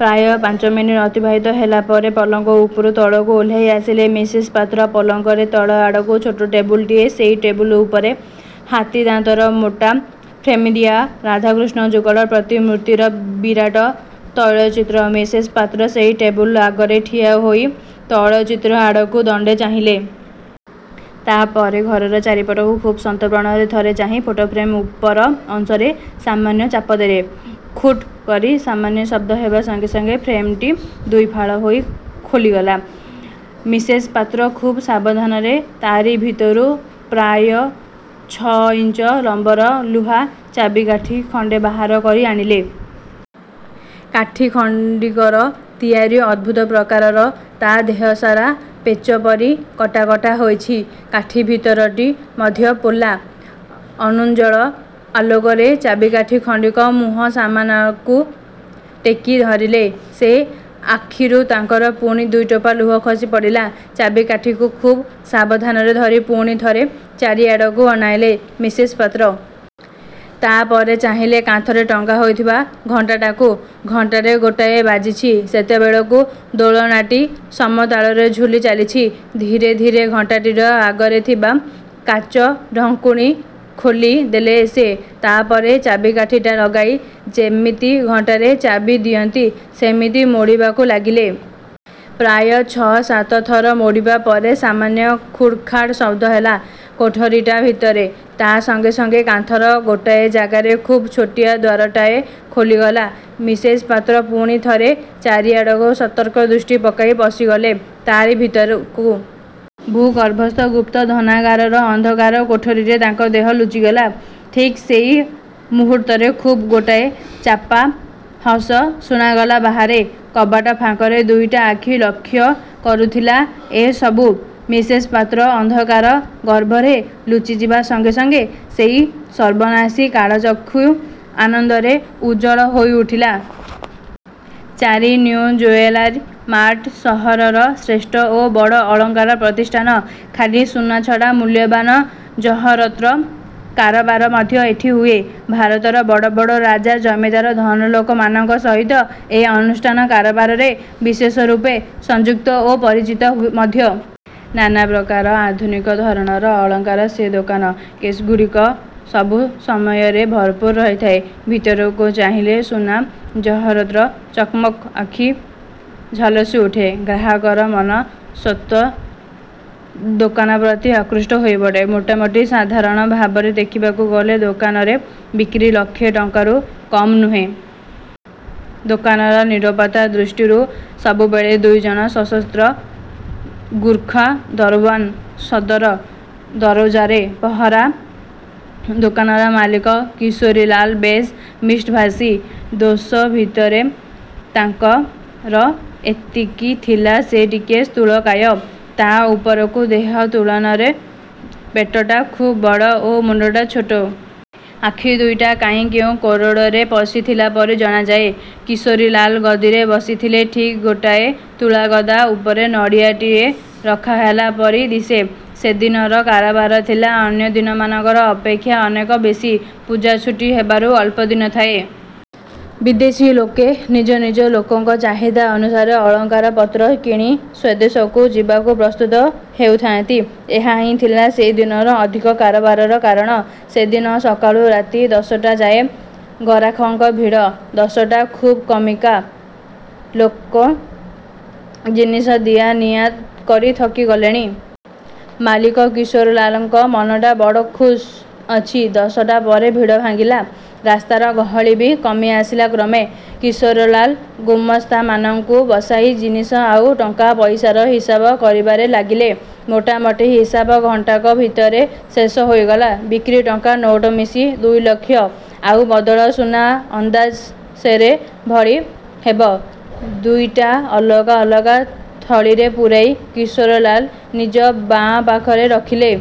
ପ୍ରାୟ ପାଞ୍ଚ ମିନିଟ୍ ଅତିବାହିତ ହେବା ପରେ ପଲଙ୍କ ଉପରୁ ତଳକୁ ଓହ୍ଲାଇ ଆସିଲେ ମିସେସ୍ ପାତ୍ର। ପଲଙ୍କର ତଳ ଆଡ଼କୁ ଛୋଟ ଟେବୁଲଟିଏ। ସେଇ ଟେବୁଲ ଉପରେ ହାତୀ ଦାନ୍ତର ମୋଟା ଫ୍ରେମ୍ଦିଆ ରାଧାକୃଷ୍ଣ ଯୁଗଳ ପ୍ରତିମୂର୍ତ୍ତିର ବିରାଟ ତୈଳଚିତ୍ର। ମିସେସ୍ ପାତ୍ର ସେଇ ଟେବୁଲ୍ ଆଗରେ ଠିଆ ହୋଇ ତୈଳଚିତ୍ର ଆଡ଼କୁ ଦଣ୍ଡେ ଚାହିଁଲେ। ତା'ପରେ ଘରର ଚାରିପଟକୁ ଖୁବ୍ ସନ୍ତର୍ପଣରେ ଥରେ ଚାହିଁ ଫଟୋ ଫ୍ରେମ୍ର ଉପର ଅଂଶରେ ସାମାନ୍ୟ ଚାପ ଦେଲେ। 'ଖୁଟ୍' କରି ସାମାନ୍ୟ ଶବ୍ଦ ହେବା ସଙ୍ଗେ ସଙ୍ଗେ ଫ୍ରେମ୍ଟି ଦୁଇଫାଳ ହୋଇ ଖୋଲିଗଲା-। ମିସେସ୍ ପାତ୍ର ଖୁବ୍ ସାବଧାନରେ ତା'ରି ଭିତରୁ ପ୍ରାୟ ଛଅଇଞ୍ଚ ଲମ୍ବର ଲୁହା ଚାବିକାଠି ଖଣ୍ଡେ ବାହାର କରି ଆଣିଲେ। କାଠି ଖଣ୍ଡିକର ତିଆରି ଅଦ୍ଭୁତ ପ୍ରକାରର। ତା' ଦେହସାରା ପେଚ ପରି କଟା କଟା ହୋଇଛି। କାଠି ଭିତରଟି ମଧ୍ୟ ପୋଲା। ଅନୁଜ୍ଜ୍ୱଳ ଆଲୋକରେ ଚାବିକାଠି ଖଣ୍ଡିକ ମୁହଁ ସାମନାକୁ ଟେକି ଧରିଲେ ସେ। ଆଖିରୁ ତାଙ୍କର ପୁଣି ଦୁଇଟୋପା ଲୁହ ଖସି ପଡ଼ିଲା-। ଚାବିକାଠିକୁ ଖୁବ୍ ସାବଧାନରେ ଧରି ପୁଣି ଥରେ ଚାରିଆଡ଼କୁ ଅନାଇଲେ ମିସେସ୍ ପାତ୍ର। ତା'ପରେ ଚାହିଁଲେ କାନ୍ଥରେ ଟଙ୍ଗା ହୋଇଥିବା ଘଣ୍ଟାଟାକୁ। ଘଣ୍ଟାରେ ଗୋଟାଏ ବାଜିଛି ସେତେବେଳକୁ। ଦୋଳନାଟି ସମତାଳରେ ଝୁଲି ଚାଲିଛି। ଧୀରେ ଧୀରେ ଘଣ୍ଟାଟିର ଆଗରେ ଥିବା କାଚ ଢାଙ୍କୁଣୀ ଖୋଲି ଦେଲେ ସେ। ତା'ପରେ ଚାବିକାଠିଟା ଲଗାଇ ଯେମିତି ଘଣ୍ଟାରେ ଚାବି ଦିଅନ୍ତି, ସେମିତି ମୋଡ଼ିବାକୁ ଲାଗିଲେ। ପ୍ରାୟ ଛଅ ସାତ ଥର ମୋଡ଼ିବା ପରେ ସାମାନ୍ୟ ଖୁଡ଼୍ ଖାଡ଼୍ ଶବ୍ଦହେଲା କୋଠରୀଟା ଭିତରେ। ତା' ସଙ୍ଗେ ସଙ୍ଗେ କାନ୍ଥର ଗୋଟାଏ ଜାଗାରେ ଖୁବ୍ ଛୋଟିଆ ଦ୍ୱାରଟାଏ ଖୋଲିଗଲା। ମିସେସ୍ ପାତ୍ର ପୁଣି ଥରେ ଚାରିଆଡ଼କୁ ସତର୍କ ଦୃଷ୍ଟି ପକାଇ ପଶିଗଲେ ତା'ରି ଭିତରକୁ। ଭୂ ଗର୍ଭସ୍ଥ ଗୁପ୍ତ ଧନାଗାରର ଅନ୍ଧକାର କୋଠରୀରେ ତାଙ୍କ ଦେହ ଲୁଚିଗଲା। ଠିକ୍ ସେଇ ମୁହୂର୍ତ୍ତରେ ଖୁବ୍ ଗୋଟାଏ ଚାପା ହସ ଶୁଣାଗଲା ବାହାରେ। କବାଟ ଫାଙ୍କରେ ଦୁଇଟା ଆଖି ଲକ୍ଷ୍ୟ କରୁଥିଲା ଏ ସବୁ। ମିସେସ୍ ପାତ୍ର ଅନ୍ଧକାର ଗର୍ଭରେ ଲୁଚିଯିବା ସଙ୍ଗେ ସଙ୍ଗେ ସେଇ ସର୍ବନାଶୀ କାଳଚକ୍ଷୁ ଆନନ୍ଦରେ ଉଜ୍ଜ୍ୱଳ ହୋଇ ଉଠିଥିଲା। -ଚାରି- ନିଉ ଜୁଏଲାରୀ ମାର୍ଟ ସହରର ଶ୍ରେଷ୍ଠ ଓ ବଡ଼ ଅଳଙ୍କାର ପ୍ରତିଷ୍ଠାନ। ଖାଲି ସୁନା ଛଡ଼ା ମୂଲ୍ୟବାନ ଜହରତ୍ର କାରବାର ମଧ୍ୟ ଏଠି ହୁଏ। ଭାରତର ବଡ଼ ବଡ଼ ରାଜା, ଜମିଦାର, ଧନୀଲୋକମାନଙ୍କ ସହିତ ଏ ଅନୁଷ୍ଠାନ କାରବାରରେ ବିଶେଷରୂପେ ସଂଯୁକ୍ତ ଓ ପରିଚିତ ମଧ୍ୟ। ନାନା ପ୍ରକାର ଆଧୁନିକ ଧରଣର ଅଳଙ୍କାରର ସେ ଦୋକାନ। କେଶ୍ଗୁଡ଼ିକ ସବୁ ସମୟରେ ଭରପୂର ରହିଥାଏ। ଭିତରକୁ ଚାହିଁଲେ ସୁନା ଜହରତ୍ର ଚକ୍ମକ୍ରେ ଆଖି ଝଲସି ଉଠେ; ଗ୍ରାହକର ମନ ସ୍ୱତଃ ଦୋକାନପ୍ରତି ଆକୃଷ୍ଟ ହୋଇପଡ଼େ। ମୋଟାମୋଟି ସାଧାରଣ ଭାବରେ ଦେଖିବାକୁ ଗଲେ ଦୋକାନରେ ବିକ୍ରୀ ଲକ୍ଷେ ଟଙ୍କାରୁ କମ୍ ନୁହେଁ। ଦୋକାନର ନିରାପତ୍ତା ଦୃଷ୍ଟିରୁ ସବୁବେଳେ ଦୁଇଜଣ ସଶସ୍ତ୍ର ଗୁର୍ଖା ଦରଓ୍ୱାନ୍ ସଦର ଦରଜାରେ ପହରା। ଦୋକାନର ମାଲିକ କିଶୋରୀଲାଲ ବେଶ୍ ମିଷ୍ଟଭାଷୀ। ଦୋଷ ଭିତରେ ତାଙ୍କର ଏତିକି ଥିଲା, ସେ ଟିକିଏ ସ୍ଥୂଳକାୟ। ତା' ଉପରକୁ ଦେହ ତୁଳନାରେ ପେଟଟା ଖୁବ୍ ବଡ଼ ଓ ମୁଣ୍ଡଟା ଛୋଟ। ଆଖି ଦୁଇଟା କାହିଁ କେଉଁ କୋରଡ଼ରେ ପଶିଥିଲା ପରି ଜଣାଯାଏ। କିଶୋରୀଲାଲ ଗଦିରେ ବସିଥିଲେ ଠିକ୍ ଗୋଟାଏ ତୁଳାଗଦା ଉପରେ ନଡ଼ିଆଟିଏ ରଖାହେଲା ପରି ଦିଶେ। ସେଦିନର କାରବାର ଥିଲା ଅନ୍ୟ ଦିନମାନଙ୍କ ଅପେକ୍ଷା ଅନେକ ବେଶୀ। ପୂଜା ଛୁଟି ହେବାକୁ ଅଳ୍ପ ଦିନ ଥାଏ। ବିଦେଶୀ ଲୋକେ ନିଜ ନିଜ ଲୋକଙ୍କ ଚାହିଦା ଅନୁସାରେ ଅଳଙ୍କାର ପତ୍ର କିଣି ସ୍ୱଦେଶକୁ ଯିବାକୁ ପ୍ରସ୍ତୁତ ହେଉଥାନ୍ତି। ଏହାହିଁ ଥିଲା ସେ ଦିନର ଅଧିକ କାରବାରର କାରଣ। ସେଦିନ ସକାଳୁ ରାତି ଦଶଟାଯାଏ ଗରାଖଙ୍କ ଭିଡ଼। ଦଶଟା ଖୁବ୍ କାମିକା ଲୋକ ଜିନିଷ ଦିଆ ନିଆ କରି ଥକି ଗଲେଣି। ମାଲିକ କିଶୋରୀଲାଲଙ୍କ ମନଟା ବଡ଼ ଖୁସ୍ ଅଛି। ଦଶଟା ପରେ ଭିଡ଼ ଭାଙ୍ଗିଲା। ରାସ୍ତାର ଗହଳି ବି କମି ଆସିଲା କ୍ରମେ। କିଶୋରୀଲାଲ ଗୁମାସ୍ତାମାନଙ୍କୁ ବସାଇ ଜିନିଷ ଆଉ ଟଙ୍କା ପଇସାର ହିସାବ କରିବାରେ ଲାଗିଲେ-। ମୋଟାମୋଟି ହିସାବ ଘଣ୍ଟାକ ଭିତରେ ଶେଷ ହୋଇଗଲା। ବିକ୍ରି ଟଙ୍କା ନୋଟ ମିଶି ଦୁଇଲକ୍ଷ, ଆଉ ବଦଳ ସୁନା ଅନ୍ଦାଜ ସେରେ ଭଳି ହେବ ଦୁଇଟା ଅଲଗା ଅଲଗା ଥଳିରେ ପୂରାଇ କିଶୋରୀଲାଲ ନିଜ ବାଆଁ ପାଖରେ ରଖିଲେ।